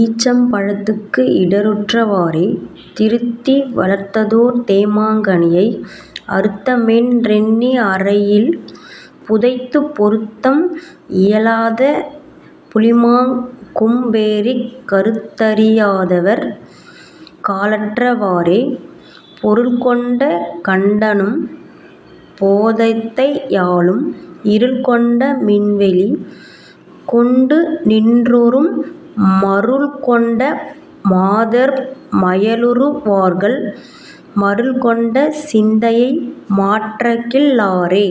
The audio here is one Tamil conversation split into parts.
ஈச்சம் பழத்துக்கு இடருற்ற வாறே. திருத்தி வளர்த்ததோர் தேமாங் கனியை அருத்தமென் றெண்ணி அறையில் புதைத்துப் பொருத்தம் இலாத புளிமாங் கொம்பேறிக் கருத்தறி யாதவர் காலற்ற வாறே. பொருள்கொண்ட கண்டனும் போதத்தை யாளும் இருள்கொண்ட மின்வெளி கொண்டுநின் றோரும் மருள்கொணட மாதர் மயலுறு வார்கள் மருள்கொண்ட சிந்தையை மாற்றகில் லாரே...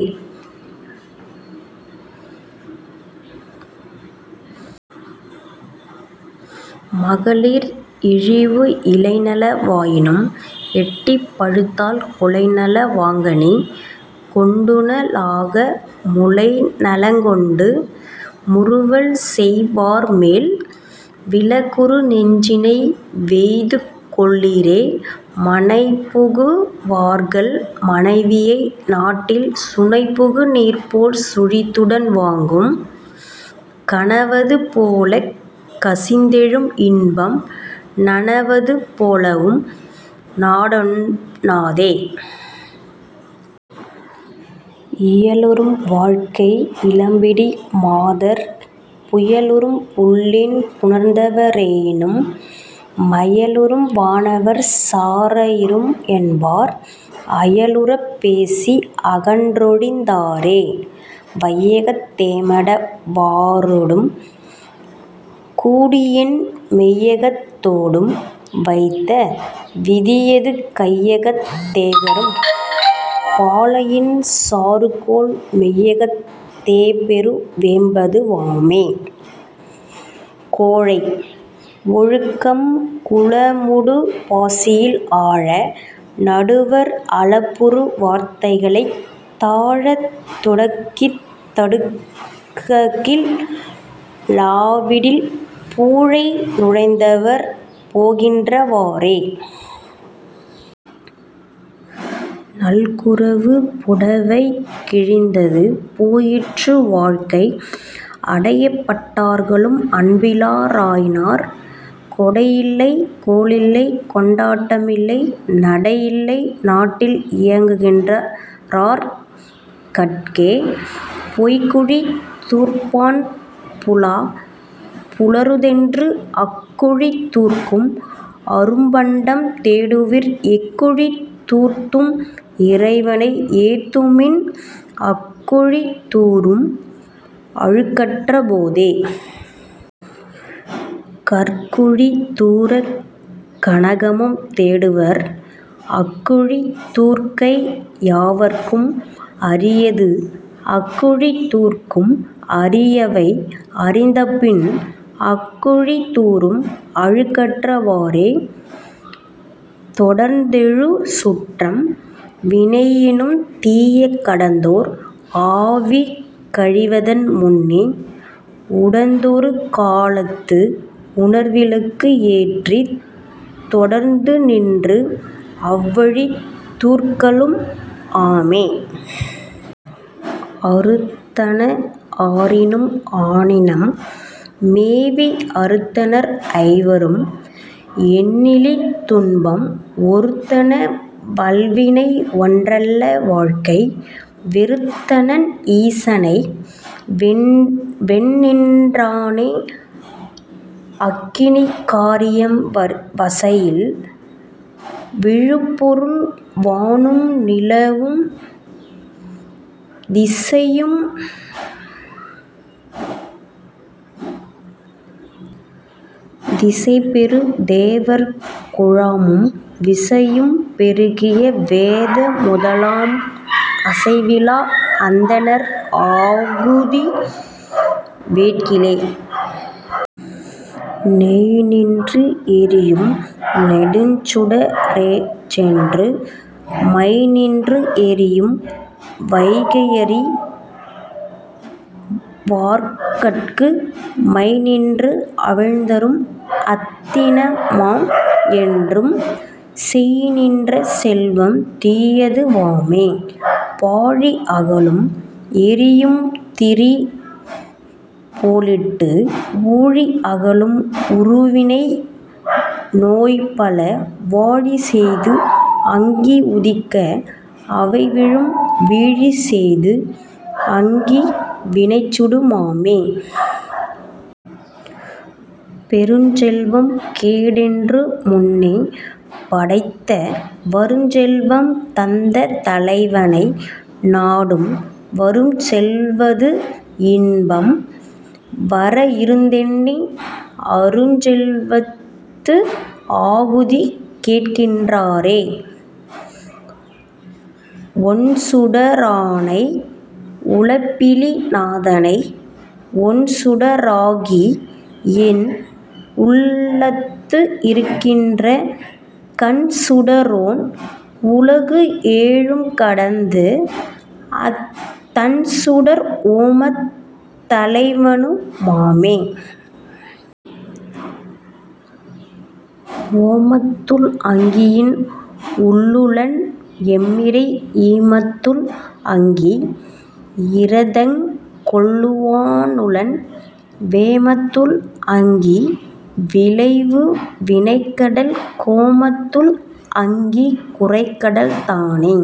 மகளிர் இழிவு இலைநல வாயினும் எட்டி பழுத்தால் குலைநல வாங்கனி கொண்டுண லாகா முலைநலங் கொண்டு முறுவல்செய் வார்மேல் விலகுறு நெஞ்சினை வெய்துகொள் ளீரே. மனைபுகு வார்கள் மனைவியை நாடில் சுனைபுகு நீர்போல் சுழித்துடன் வாங்கும் கனவது போலக் கசிந்தெழும் இன்பம் நனவது போலவும் நாடவொண் ணாதே. இயலுறும் வாழ்க்கை இளம்பிடி மாதர் புயலுறும் புல்லின் புணர்ந்தவ ரேயினும் மயலுறும் வானவர் சாரஇரும் என்பார் அயலுறப் பேசி அகன்றொழிந் தாரே. வையகத் தேமட வாரொடும் கூடியென் மெய்யகத் தோடும் வைத்த விதியது கையகத் தேகரும் பாலையின் சாறுகொள் மெய்யகத் தேபெரு வேம்பது வாமே. கோழை ஒழுக்கம் குளமூடு பாசியில் ஆழ நடுவர் அளப்புறு வார்களைத் தாழத் துடக்கித் தடுக்ககில் லாவிடில் பூழை நுழைந்தவர் போகின்ற வாறே... நல்குரவு புடைவை கிழிந்தது போயிற்று வாழ்க்கை அடையப்பட் டார்களும் அன்பில ராயினார் கொடையில்லை கோளில்லை கொண்டாட்ட மில்லை நடையில்லை நாட்டில் இயங்குகின் றார்கட்கே. பொய்க்குழி தூர்ப்பான் புலா புலருதென்று அக்குழி தூர்க்கும் அரும்பண்டம் தேடுவீர் எக்குழி தூர்த்தும் இறைவனை ஏத்துமின் அக்குழி தூரும் அழுக்கற்ற போதே. கற்குழி தூரக் கனகமும் தேடுவர் அக்குழி தூர்க்கை யாவர்க்கும் அரியது அக்குழி தூர்க்கும் அறிவை அறிந்தபின் அக்குழி தூரும் அழுக்கற்ற வாறே. தொடர்ந்தெழு சுற்றம் வினையினுந் தீய கடந்தோர் ஆவி கழிவதன் முன்னே உடந்தொரு காலத்து உணர்விளக்கு ஏற்றித் தொடர்ந்துநின்று அவ்வழி தூர்க்கலு ம் ஆமே. அறுத்தன ஆறினும் ஆனினம் மேவி அறுத்தனர் ஐவரும் எண்ணிலி துன்பம் ஒறுத்தன வல்வினை ஒன்றல்ல வாழ்வை வெறுத்தனன் ஈசனை வேண்டிநின் றானே... அக்கினி காரியம் வசையில் விழுப்பொருள் வானும் நிலனும் திசையும் திசைபெறு தேவர் குழாமும் விசையும் பெருகிய வேத முதலாம் அசைவிலா அந்தணர் ஆகுதி வேட்கிலே. நெய்நின்று எரியும் நெடுஞ்சுட ரேசென்று மைநின்று எரியும் வகையறி வார்க்கட்கு மைநின்று அவிழ்தரும் அத்தின மாம் என்றும் செய்நின்ற செல்வம் தீயது வாமே. பாழி அகலும் எரியும் திரிபோலிட்டு ஊழி அகலும் உறுவினை நோய்பல வாழிசெய்து அங்கி உதிக்க அவைவிழும் வீழிசெய்து அங்கி வினைசுடு மாமே. பெருஞ்செல்வம் கேடென்று முன்னே படைத்த வருஞ்செல்வம் தந்த தலைவனை நாடும் வருஞ்செல்வதது இன்பம் வரஇருந் தெண்ணி அருஞ்செல்வத்து ஆகுதி வேட்கநின் றாரே. ஒண்சுட ரானை உலப்பிலி நாதனை ஒண்சுட ராகிஎன் உள்ளத்து இருக்கின்ற கண்சுட ரோன் உலகு ஏழும் கடந்த அத் தண்சுடர் ஓமத் தலைவனு மாமே. ஓமத்துள் அங்கியின் உள்ளுளன் எம்மிறை ஈமத்துள் அங்கி இரதங்கொள் வானுளன் வேமத்துள் அங்கி விளைவு வினைக்கடல் கோமத்துள் அங்கி குரைகடல் தானே.